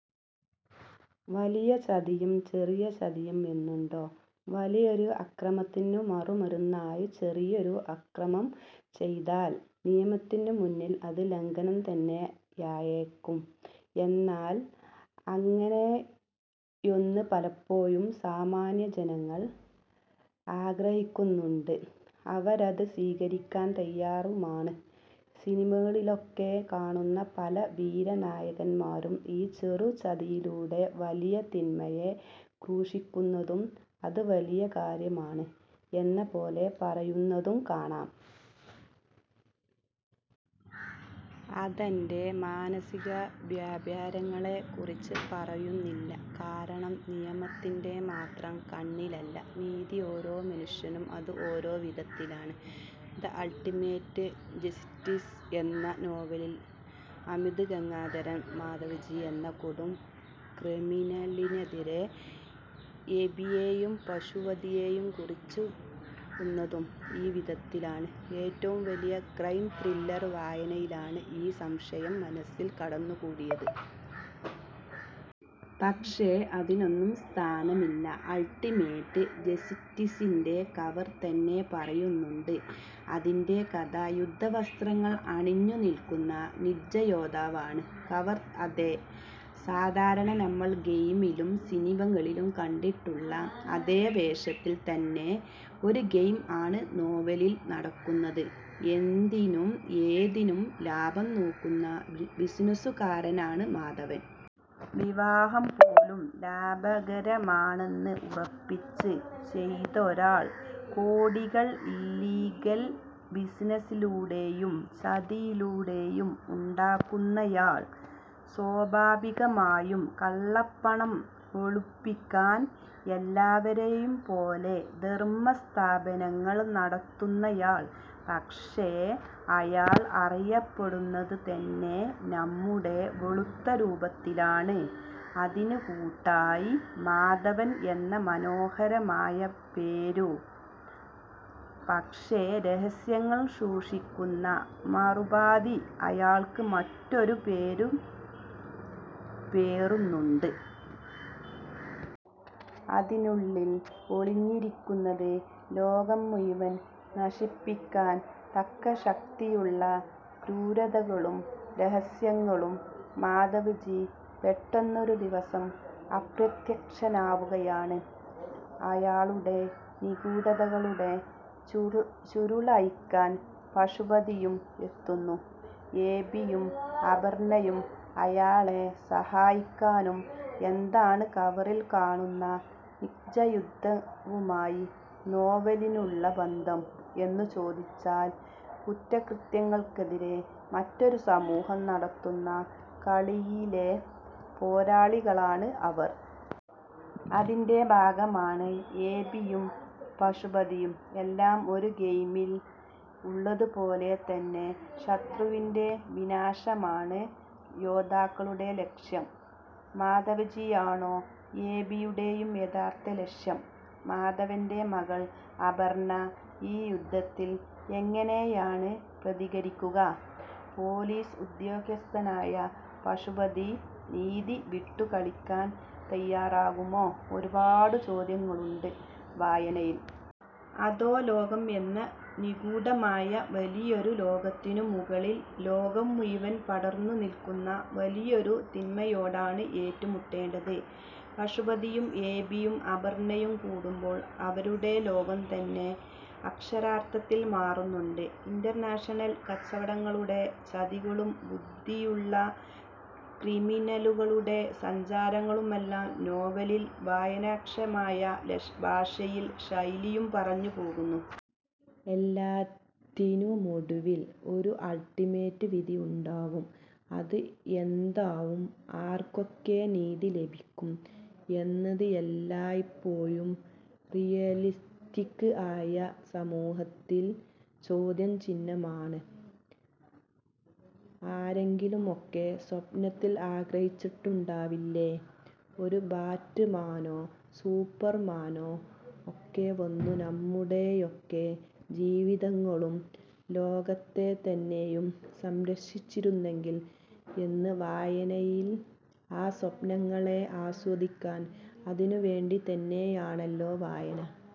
വലിയ ചതിയും ചെറിയ ചതിയും എന്നുണ്ടോ? വലിയൊരു അക്രമത്തിനു മറുമരുന്നായി ചെറിയൊരു അക്രമം ചെയ്താൽ നിയമത്തിനു മുന്നിൽ അത് ലംഘനം തന്നെയായേക്കും. എന്നാൽ അങ്ങനെയൊന്ന് പലപ്പോഴും സാമാന്യ ജനങ്ങൾ ആഗ്രഹിക്കുന്നുണ്ട്. അവരത് സ്വീകരിക്കാൻ തയാറുമാണ്. സിനിമകളിലൊക്കെ കാണുന്ന പല വീര നായകന്മാരും ഈ ചെറു ചതിയിലൂടെ വലിയ തിന്മയെ ക്രൂശിക്കുന്നതും, അത് വലിയ കാര്യമാണ് എന്ന പോലെ പറയുന്നതും കാണാം. അതൻ്റെ മാനസിക വ്യാപാരങ്ങളെക്കുറിച്ച് പറയുന്നില്ല, കാരണം നിയമത്തിൻ്റെ മാത്രം കണ്ണിലല്ല നീതി. ഓരോ മനുഷ്യനും അത് ഓരോ വിധത്തിലാണ്. 'ദ അൾട്ടിമേറ്റ് ജസ്റ്റിസ്' എന്ന നോവലിൽ അജിത് ഗംഗാധരൻ മാധവ്ജി എന്ന കൊടും ക്രിമിനലിനെതിരെ എബിയെയും പശുപതിയെയും കുറിച്ചിടുന്നതും ഈ വിധത്തിലാണ്. ഏറ്റവും പുതിയ ക്രൈം ത്രില്ലർ വായനയിലാണ് ഈ സംശയം മനസ്സിൽ കടന്നു കൂടിയത്. പക്ഷേ അതിനൊന്നും സ്ഥാനമില്ല, അൾട്ടിമേറ്റ് ജസ്റ്റിസിൻ്റെ കവർ തന്നെ പറയുന്നുണ്ട് അതിൻ്റെ കഥ. യുദ്ധ വസ്ത്രങ്ങൾ അണിഞ്ഞു നിൽക്കുന്ന നിഞ്ച യോദ്ധാവാണ് കവർ. അതെ, സാധാരണ നമ്മൾ ഗെയിമിലും സിനിമകളിലും കണ്ടിട്ടുള്ള അതെ വേഷത്തിൽ തന്നെ. ഒരു ഗെയിം ആണ് നോവലിൽ നടക്കുന്നത്. എന്തിനും ഏതിനും ലാഭം നോക്കുന്ന ബിസിനസുകാരനാണ് മാധവൻ. വിവാഹം പോലും ലാഭകരമാണെന്ന് ഉറപ്പിച്ച് ചെയ്തൊരാൾ. കോടികൾ ഇല്ലീഗൽ ബിസിനസിലൂടെയും ചതിയുടെയും ഉണ്ടാക്കുന്നയാൾ. സ്വാഭാവികമായും കള്ളപ്പണം വെളുപ്പിക്കാൻ എല്ലാവരെയും പോലെ ധർമ്മ സ്ഥാപനങ്ങൾ നടത്തുന്നയാൾ. പക്ഷേ അയാൾ അറിയപ്പെടുന്നതു തന്നെ നന്മയുടെ വെളുത്ത രൂപത്തിലാണ്. അതിനു കൂട്ടായി മാധവൻ എന്ന മനോഹരമായ പേരും. പക്ഷേ രഹസ്യങ്ങൾ സൂക്ഷിക്കുന്ന മറുപാതി അയാൾക്ക് മറ്റൊരു പേര് പേറുന്നുണ്ട്. അതിനുള്ളിൽ ഒളിഞ്ഞിരിക്കുന്നത്, ലോകം മുഴുവൻ നശിപ്പിക്കാൻ തക്ക ശക്തിയുള്ള ക്രൂരതകളും രഹസ്യങ്ങളും. മാധവ്ജി പെട്ടെന്നൊരു ദിവസം അപ്രത്യക്ഷനാവുകയാണ്. അയാളുടെ നിഗൂഢതകളുടെ ചുരുളഴിക്കാൻ പശുപതിയും എത്തുന്നു. എബിയും അപർണ്ണയും അയാളെ സഹായിക്കാനും. എന്താണ് കവറിൽ കാണുന്ന നിഞ്ച യുദ്ധവുമായി നോവലിനുള്ള ബന്ധം എന്ന് ചോദിച്ചാൽ കുറ്റകൃത്യങ്ങൾക്കെതിരെ മറ്റൊരു സമൂഹം നടത്തുന്ന കളിയിലെ പോരാളികളാണ് അവർ. അതിൻ്റെ ഭാഗമാണ് എബിയും പശുപതിയും എല്ലാം. ഒരു ഗെയിമിൽ ഉള്ളതു പോലെ തന്നെ ശത്രുവിൻ്റെ വിനാശമാണ് യോദ്ധാക്കളുടെ ലക്ഷ്യം. മാധവ്ജിയാണോ എബിയുടെ യഥാർഥ ലക്ഷ്യം? മാധവൻ്റെ മകൾ അപർണ ഈ യുദ്ധത്തിൽ എങ്ങെനയാണ് പ്രതികരിക്കുക? പൊലീസ് ഉദ്യോഗസ്ഥനായ പശുപതി നീതി വിട്ടു കളിക്കാൻ തയാറാകുമോ? ഒരുപാട് ചോദ്യങ്ങളുണ്ട് വായനയിൽ. അധോലോകം എന്ന നിഗൂഢമായ വലിയൊരു ലോകത്തിനും മുകളിൽ ലോകം മുഴുവൻ പടർന്നു നിൽക്കുന്ന വലിയൊരു തിന്മയോടാണ് ഏറ്റു മുട്ടേണ്ടത്. പശുപതിയും എബിയും അപർണ്ണയും കൂടുമ്പോൾ അവരുടെ ലോകം തന്നെ അക്ഷരാർഥത്തിൽ മാറുന്നുണ്ട്. ഇൻ്റർനാഷണൽ കച്ചവടങ്ങളുടെ ചതികളും ബുദ്ധിയുള്ള ക്രിമിനലുകളുടെ സഞ്ചാരങ്ങളുമെല്ലാം നോവലിൽ വായനാക്ഷമമായ ഭാഷയിലും ശൈലിയിലും പറഞ്ഞു പോകുന്നു. എല്ലാത്തിനുമൊടുവിൽ ഒരു അൾട്ടിമേറ്റ് വിധി ഉണ്ടാവും, അത് എന്താവും? ആർക്കൊക്കെ നീതി ലഭിക്കും എന്നത് എല്ലായ്പ്പോഴും റിയലിസ്റ്റിക് ആയ സമൂഹത്തിൽ ചോദ്യ ചിഹ്നമാണ്. ആരെങ്കിലുമൊക്കെ സ്വപ്നത്തിൽ ആഗ്രഹിച്ചിട്ടുണ്ടാവില്ലേ, ഒരു ബാറ്റ് മാനോ സൂപ്പർ മാനോ ഒക്കെ വന്നു നമ്മുടെയൊക്കെ ജീവിതങ്ങളും ലോകത്തെ തന്നെയും സംരക്ഷിച്ചിരുന്നെങ്കിൽ എന്ന്. വായനയിൽ ആ സ്വപ്നങ്ങളെ ആസ്വദിക്കാം. അതിനു വേണ്ടി തന്നെയാണല്ലോ വായന.